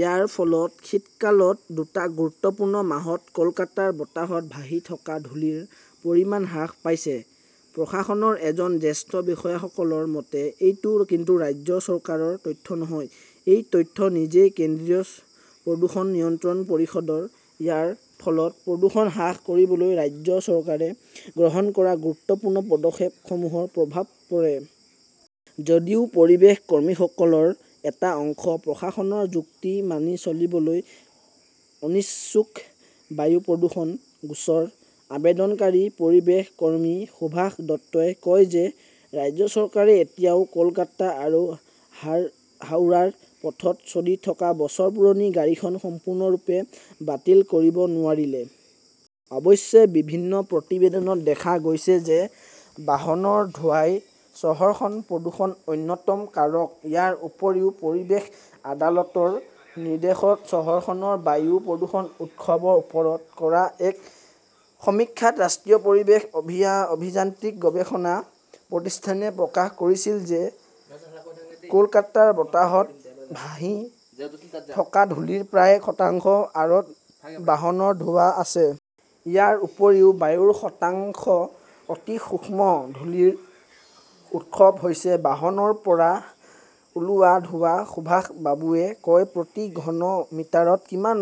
ইয়াৰ ফলত শীতকালৰ দুটা গুৰুত্বপূৰ্ণ মাহত কলকাতাৰ বতাহত ভাহি থকা ধূলিৰ পৰিমাণ হ্ৰাস পাইছে। প্ৰশাসনৰ এজন জ্যেষ্ঠ বিষয়াসকলৰ মতে, "এইটো কিন্তু ৰাজ্য চৰকাৰৰ তথ্য নহয়! এই তথ্য নিজেই কেন্দ্ৰীয় প্ৰদূষণ নিয়ন্ত্ৰণ পৰিষদৰ। ইয়াৰ ফলত প্ৰদূষণ হ্ৰাস কৰিবলৈ ৰাজ্য চৰকাৰে গ্ৰহণ কৰা গুৰুত্বপূৰ্ণ পদক্ষেপসমূহৰ প্ৰভাৱ পৰে। "যদিও পৰিৱেশ কৰ্মীসকলৰ এটা অংশই প্ৰশাসনৰ যুক্তি মানি চলিবলৈ অনিচ্ছুক। বায়ু প্ৰদূষণ গোচৰৰ আবেদনকাৰী পৰিৱেশ কৰ্মী সুভাষ দত্তই কয় যে ৰাজ্য চৰকাৰে এতিয়াও কলকাতা আৰু হাওড়াৰ পথত চলি থকা বছৰ পুৰণি গাড়ীখন সম্পূৰ্ণৰূপে বাতিল কৰিব নোৱাৰিলে। অৱশ্যে, বিভিন্ন প্ৰতিবেদনত দেখা গৈছে যে বাহনৰ ধোঁৱাই চহৰখনৰ প্ৰদূষণৰ অন্যতম কাৰক। ইয়াৰ উপৰিও, পৰিৱেশ আদালতৰ নিৰ্দেশত চহৰখনৰ বায়ু প্ৰদূষণৰ উৎসৰ ওপৰত কৰা এক সমীক্ষাত ৰাষ্ট্ৰীয় পৰিৱেশ অভিযান্ত্ৰিক গৱেষণা প্ৰতিষ্ঠানে প্ৰকাশ কৰিছিল যে কলকাতাৰ বতাহত ভাহি থকা ধূলিৰ প্ৰায় শতাংশৰ আঁৰত বাহনৰ ধোঁৱা আছে। ইয়াৰ উপৰিও বায়ুৰ শতাংশ অতি সূক্ষ্ম ধূলিৰ উৎস হৈছে বাহনৰ পৰা ওলোৱা ধোঁৱা। সুভাষ বাবুৱে কয়, "প্ৰতি ঘনমিটাৰত কিমান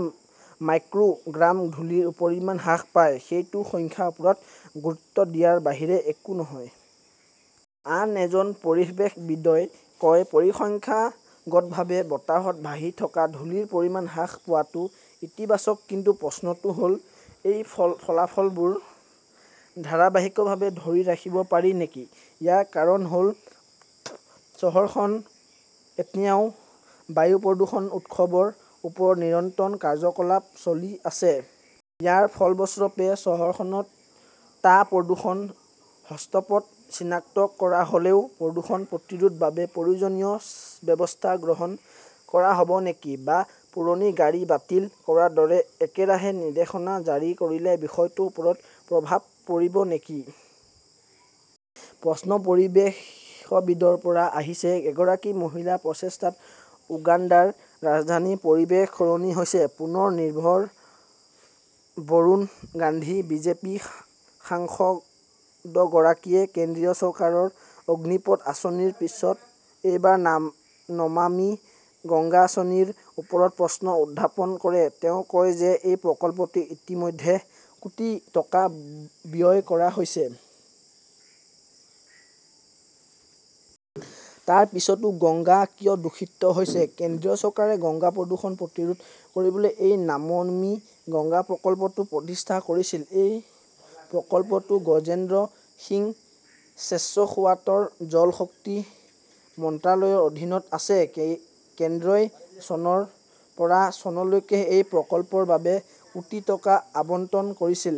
মাইক্ৰ" গ্ৰাম ধূলিৰ পৰিমাণ হ্ৰাস পায়, সেইটো সংখ্যাৰ ওপৰত গুৰুত্ব দিয়াৰ বাহিৰে একো নহয়। "আন এজন পৰিৱেশবিদই কয়", পৰিসংখ্যাগতভাৱে বতাহত ভাহি থকা ধূলিৰ পৰিমাণ হ্ৰাস পোৱাটো ইতিবাচক। কিন্তু প্ৰশ্নটো হ "ল, এই ফলাফলবোৰ ধাৰাবাহিকভাৱে ধৰি ৰাখিব পাৰি নেকি? ইয়াৰ কাৰণ হ "ল, চহৰখনত এতিয়াও বায়ু প্ৰদূষণৰ উৎসৰ ওপৰত নিৰন্তৰ কাৰ্যকলাপ চলি আছে। "ইয়াৰ ফলস্বৰূপে চহৰখনত টা প্ৰদূষণ হটস্পট চিনাক্ত কৰা হ" লেও প্ৰদূষণ প্ৰতিৰোধৰ বাবে প্ৰয়োজনীয় ব্যৱস্থা গ্ৰহণ কৰা হ "ব নেকি? বা পুৰণি গাড়ী বাতিল কৰাৰ দৰে একেৰাহে নিৰ্দেশনা জাৰি কৰিলে বিষয়টোৰ ওপৰত প্ৰভাৱ পৰিব নেকি? প্ৰশ্নটো পৰিৱেশবিদৰ পৰা আহিছে। এগৰাকী মহিলাৰ প্ৰচেষ্টাত উগাণ্ডাৰ ৰাজধানীৰ পৰিৱেশ সলনি হৈছে পুনৰ নিৰ্ভীক বৰুণ গান্ধী। বিজেপি সাংসদগৰাকীয়ে কেন্দ্ৰীয় চৰকাৰৰ অগ্নিপথ আঁচনিৰ পিছত এইবাৰ 'নমামী গংগা "আঁচনিৰ ওপৰত প্ৰশ্ন উত্থাপন কৰে। তেওঁ কয় যে এই প্ৰকল্পটোত ইতিমধ্যে কোটি টকা ব্যয় কৰা হৈছে। তাৰ পিছতো গংগা কিয় দূষিত হৈছে? কেন্দ্ৰীয় চৰকাৰে গংগা প্ৰদূষণ প্ৰতিৰোধ কৰিবলৈ এই নামামি গংগা প্ৰকল্পটো প্ৰতিষ্ঠা কৰিছিল। এই প্ৰকল্পটো গজেন্দ্ৰ সিং শ্বেখাৱাটৰ জল শক্তি মন্ত্ৰালয়ৰ অধীনত আছে। কেন্দ্ৰই চনৰ পৰা চনলৈকে এই প্ৰকল্পৰ বাবে কোটি টকা আবণ্টন কৰিছিল।